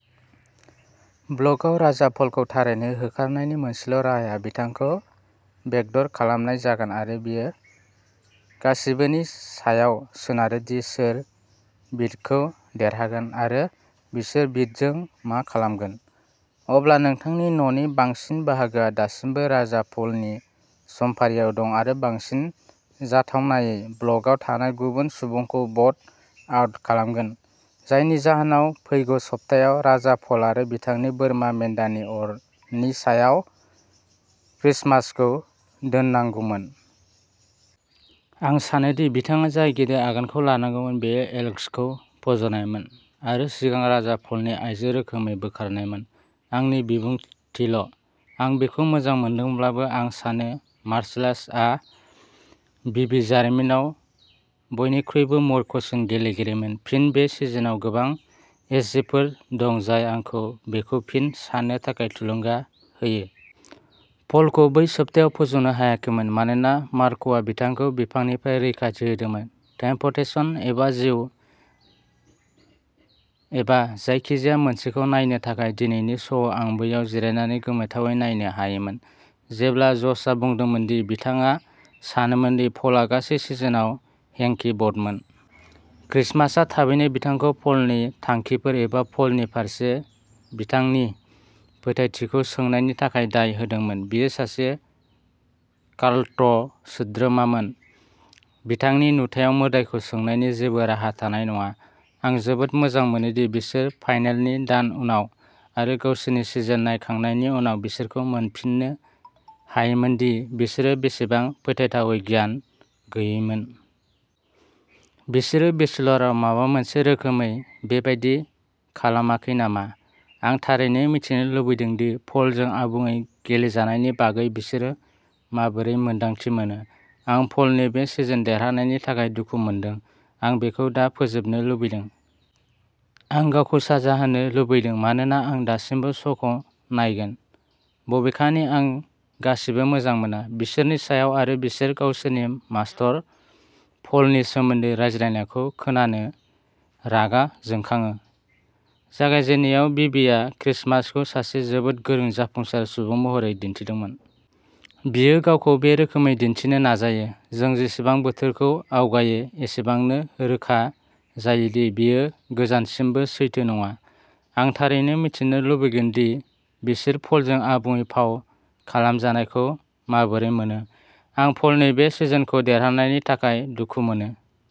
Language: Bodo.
ब्लकआव। राजा पलखौ थारैनो होखारनायनि मोनसेल'राहाया बिथांखौ बेकड'र खालामनाय जागोन आरो बेयो गासिबो बेनि सायाव सोनारो दि सोर भिट'खौ देरहागोन आरो बिसोर भिट'जों मा खालामगोन। अब्ला नोंथांनि न'नि बांसिन बाहागोआ दासिमबो राजा पलनि समफारियाव दं आरो बांसिन जाथावनायै ब्लकआव थानाय गुबुन सुबुंखौ भ'ट आउट खालामगोन, जायनि जाहोनाव फैगौ सप्तायाव राजा पल आरो बिथांनि बोरमा मेन्दानि अरनि सारियाव क्रिसमासखौ दोननांगौमोन। आं सानो दि बिथाङा जाय गिदिर आगानखौ लानांगौमोन बेयो एलेक्सखौ फज'नायमोन आरो सिगां राजा पलनि आइजो रोखोमखौ बोखारनायमोन। आंनि बिबुंथिल'। आं बिखौ मोजां मोनदोंमोनब्लाबो, आं सानो मार्सेलासआ बिबि जारिमिनाव बयनिख्रुइबो मूर्खसिन गेलेगिरिमोन। फिन, बे सिजनाव गोबां एचजिफोर दं जाय आंखौ बेखौ फिन साननो थाखाय थुलुंगा होयो। पलखौ बै सप्तायाव फज'नो हायाखैमोन मानोना मार्कआ बिथांखौ बिफांनिफ्राय रैखाथि होदोंमोन। टेम्पटेशन एबा जिउ एबा जायखिजाया मोनसेखौ नायनो थाखाय। दिनैनि श'आव, आं बैयाव जिरायनानै गोमोथावै नायनो हायोमोन, जेब्ला ज'शआ बुंदोंमोन दि बिथाङा सानोमोन दि पलआ गासै सिजनआव हिंकी भ'टमोन। क्रिसमासआ थाबैनो बिथांखौ पलनि थांखिफोर एबा पलनि फारसे बिथांनि फोथायथिखौ सोंनायनि थाखाय दाय होदोंमोन। बियो सासे काल्ट सोद्रोमामोन। बिथांनि नुथायाव मोदाइखौ सोंनायनि जेबो राहा थानाय नङा। आं जोबोद मोजां मोनो दि बिसोर फाइनेलनि दान उनाव आरो गावसोरनि सिजन नायखांनायनि उनाव बिसोरखौ मोनफिननो हायोमोन दि बिसोरो बेसेबां फोथायथावै गियान गैयैमोन। बिसोर बेचेलारआव माबा मोनसे रोखोमै बेबादि खालामाखै नामा? आं थारैनो मिथिनो लुबैदों दि पलजों आबुङै गेलेजानायनि बागै बिसोर माबोरै मोन्दांथि मोनो। आं पलनि बे सिजन देरहानायनि थाखाय दुखु मोनदों। आं बेखौ दा फोजोबनो लुबैदों। आं गावखौ साजा होनो लुबैदों मानोना आं दासिमबो श'खौ नायगोन, बबेखानि आं गासिबो मोजां मोना। बिसोरनि सायाव आरो बिसोर गावसोरनि मास्तर, पलनि सोमोन्दै रायज्लायनायखौ खोनानो रागा जोंखाङो। जागायजेननायाव, बीबीआ क्रिसमासखौ सासे जोबोद गोरों, जाफुंसार सुबुं महरै दिन्थिदोंमोन। बियो गावखौ बे रोखोमै दिन्थिनो नाजायो। जों जेसेबां बोथोरखौ आवगायो, एसेबांनो रोखा जायो दि बेयो गोजानसिमबो सैथो नङा। आं थारैनो मिथिनो लुबैगोन दि बिसोर पलजों आबुङै फाव खालामजानायखौ माबोरै मोनो। आं पलनि बे सिजनखौ देरहानायनि थाखाय दुखु मोनो।